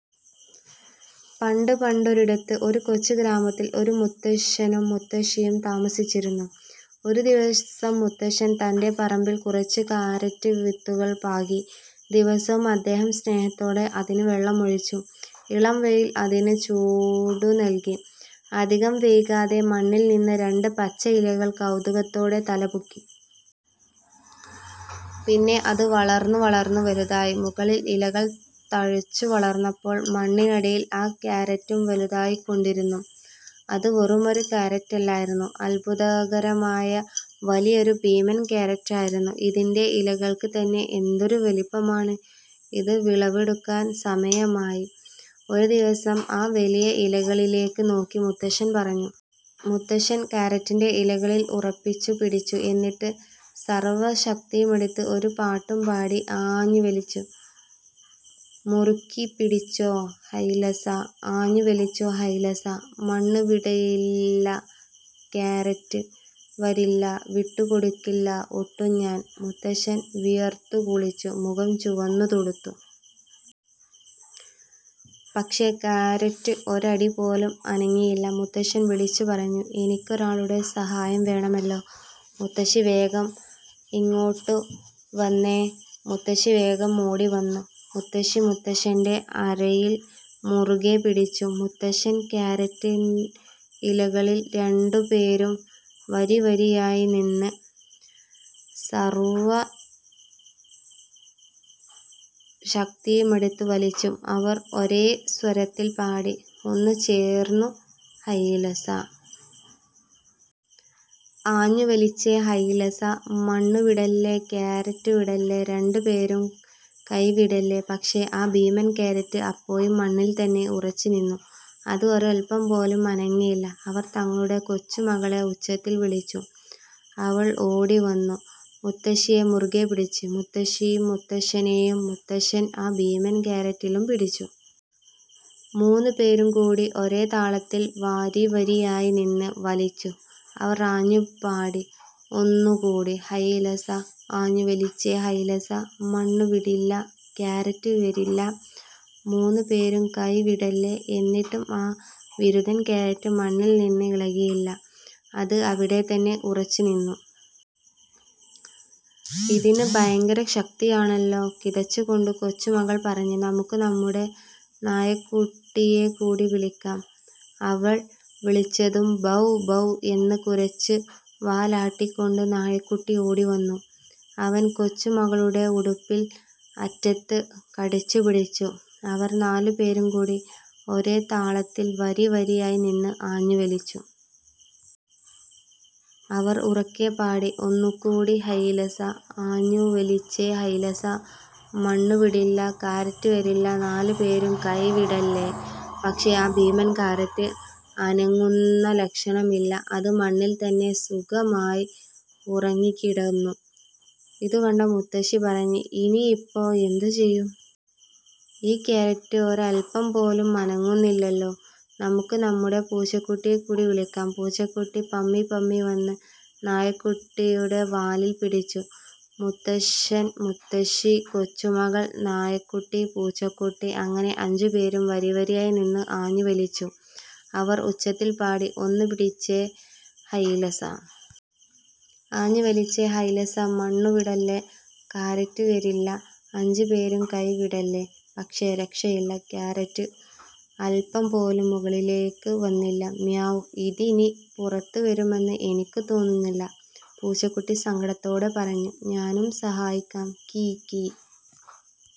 പണ്ട് പണ്ടൊരിടത്ത്, ഒരു കൊച്ചു ഗ്രാമത്തിൽ ഒരു മുത്തശ്ശനും മുത്തശ്ശിയും താമസിച്ചിരുന്നു. ഒരുദിവസം, മുത്തശ്ശൻ തന്റെ പറമ്പിൽ കുറച്ചു കാരറ്റ് വിത്തുകൾ പാകി. ദിവസവും അദ്ദേഹം സ്നേഹത്തോടെ അതിന് വെള്ളമൊഴിച്ചു. ഇളം വെയിൽ അതിന് ചൂടുനൽകി. അധികം വൈകാതെ, മണ്ണിൽ നിന്ന് രണ്ട് പച്ച ഇലകൾ കൗതുകത്തോടെ തലപൊക്കി. പിന്നെ അത് വളർന്നു… വളർന്നു… വലുതായി! മുകളിൽ ഇലകൾ തഴച്ചു വളർന്നപ്പോൾ, മണ്ണിനടിയിൽ ആ കാരറ്റും വലുതായിക്കൊണ്ടിരുന്നു. അത് വെറുമൊരു കാരറ്റല്ലായിരുന്നു, അത്ഭുതകരമായ വലിയൊരു ഭീമൻ കാരറ്റായിരുന്നു! "ഇതിന്റെ ഇലകൾക്ക് തന്നെ എന്തൊരു വലിപ്പമാണ്! ഇത് വിളവെടുക്കാൻ സമയമായി. " ഒരു ദിവസം ആ വലിയ ഇലകളിലേക്ക് നോക്കി മുത്തശ്ശൻ പറഞ്ഞു. മുത്തശ്ശൻ കാരറ്റിന്റെ ഇലകളിൽ ഉറപ്പിച്ചു പിടിച്ചു. എന്നിട്ട് സർവ്വ ശക്തിയുമെടുത്ത് ഒരു പാട്ടും പാടി ആഞ്ഞു വലിച്ചു. മുറുക്കി പിടിച്ചേ… ഹൈലേസാ! ആഞ്ഞു വലിച്ചേ… ഹൈലേസാ! മണ്ണു വിടില്ല, കാരറ്റ് വരില്ല, വിട്ടു കൊടുക്കില്ല ഒട്ടും ഞാൻ! മുത്തശ്ശൻ വിയർത്തു കുളിച്ചു, മുഖം ചുവന്നു തുടുത്തു. പക്ഷേ കാരറ്റ് ഒരടി പോലും അനങ്ങിയില്ല! മുത്തശ്ശൻ വിളിച്ചു പറഞ്ഞു, "എനിക്കൊരാളുടെ സഹായം വേണമല്ലോ! മുത്തശ്ശീ… വേഗം ഇങ്ങോട്ടൊന്നു വന്നേ! " മുത്തശ്ശി വേഗം ഓടിവന്നു. മുത്തശ്ശി മുത്തശ്ശന്റെ അരയിൽ മുറുകെപ്പിടിച്ചു, മുത്തശ്ശൻ കാരറ്റ് ഇലകളിലും. രണ്ടുപേരും വരിവരിയായി നിന്ന് സർവ്വ ശക്തിയുമെടുത്ത് വലിച്ചു. അവർ ഒരേ സ്വരത്തിൽ പാടി: ഒന്നു ചേർന്നു… ഹൈലേസാ! ആഞ്ഞു വലിച്ചേ… ഹൈലേസാ! മണ്ണു വിടില്ല, കാരറ്റ് വരില്ല, രണ്ടുപേരും കൈ വിടല്ലേ! " പക്ഷേ, ആ ഭീമൻ കാരറ്റ് ഇപ്പോഴും മണ്ണിൽ തന്നെ ഉറച്ചുനിന്നു. അത് ഒരല്പം പോലും അനങ്ങിയില്ല. അവർ തങ്ങളുടെ കൊച്ചുമകളെ ഉച്ചത്തിൽ വിളിച്ചു. അവൾ ഓടിവന്നു മുത്തശ്ശിയെ മുറുകെപ്പിടിച്ചു. മുത്തശ്ശി മുത്തശ്ശനെയും, മുത്തശ്ശൻ ആ ഭീമൻ കാരറ്റിലും പിടിച്ചു. മൂന്നുപേരും കൂടി ഒരേ താളത്തിൽ വരിവരിയായി നിന്ന് വലിച്ചു! അവർ ആഞ്ഞു പാടി: ഒന്നുകൂടി… ഹൈലേസാ! ആഞ്ഞു വലിച്ചേ… ഹൈലേസാ! മണ്ണു വിടില്ല, കാരറ്റ് വരില്ല, മൂന്നുപേരും കൈ വിടല്ലേ! " എന്നിട്ടും ആ വിരുതൻ കാരറ്റ് മണ്ണിൽ നിന്ന് ഇളകിയില്ല. അത് അവിടെ തന്നെ ഉറച്ചുനിന്നു. "ഇതിന് ഭയങ്കര ശക്തിയാണല്ലോ! " കിതച്ചുകൊണ്ട് കൊച്ചുമകൾ പറഞ്ഞു. "നമുക്ക് നമ്മുടെ നായക്കുട്ടിയെ കൂടി വിളിക്കാം. " അവൾ വിളിച്ചതും, "ഭൗ ഭൗ" എന്ന് കുരച്ച് വാലാട്ടിക്കൊണ്ട് നായക്കുട്ടി ഓടിവന്നു. അവൻ കൊച്ചുമകളുടെ ഉടുപ്പിന്റെ അറ്റത്ത് കടിച്ചുപിടിച്ചു. അവർ നാലുപേരും കൂടി ഒരേ താളത്തിൽ വരിവരിയായി നിന്ന് ആഞ്ഞു വലിച്ചു. അവർ ഉറക്കെ പാടി: ഒന്നുകൂടി… ഹൈലേസാ! ആഞ്ഞു വലിച്ചേ… ഹൈലേസാ! മണ്ണു വിടില്ല, കാരറ്റ് വരില്ല, നാലുപേരും കൈ വിടല്ലേ! " പക്ഷേ, ആ ഭീമൻ കാരറ്റ് അനങ്ങുന്ന ലക്ഷണമില്ല! അത് മണ്ണിൽ തന്നെ സുഖമായി ഉറങ്ങിക്കിടന്നു. ഇതുകണ്ട മുത്തശ്ശി പറഞ്ഞു "ഇനിയിപ്പോ എന്ത് ചെയ്യും? ഈ കാരറ്റ് ഒരല്പം പോലും അനങ്ങുന്നില്ലല്ലോ! നമുക്ക് നമ്മുടെ പൂച്ചക്കുട്ടിയെ കൂടി വിളിക്കാം. " പൂച്ചക്കുട്ടി പമ്മിപ്പമ്മി വന്ന് നായക്കുട്ടിയുടെ വാലിൽ പിടിച്ചു. മുത്തശ്ശൻ, മുത്തശ്ശി, കൊച്ചുമകൾ, നായക്കുട്ടി, പൂച്ചക്കുട്ടി അങ്ങനെ അഞ്ചുപേരും വരിവരിയായി നിന്ന് ആഞ്ഞു വലിച്ചു. അവർ ഉച്ചത്തിൽ പാടി ഒന്ന് പിടിച്ചേ… ഹൈലേസാ! ആഞ്ഞു വലിച്ചേ… ഹൈലേസാ! മണ്ണു വിടില്ല, കാരറ്റ് വരില്ല, അഞ്ചുപേരും കൈ വിടല്ലേ! " പക്ഷേ രക്ഷയില്ല! കാരറ്റ് അല്പം പോലും മുകളിലേക്ക് വന്നില്ല. "മ്യാവൂ… ഇതിനി പുറത്തുവരുമെന്ന് എനിക്ക് തോന്നുന്നില്ല," പൂച്ചക്കുട്ടി സങ്കടത്തോടെ പറഞ്ഞു ഞാനും സഹായിക്കാം! കീ… കീ…!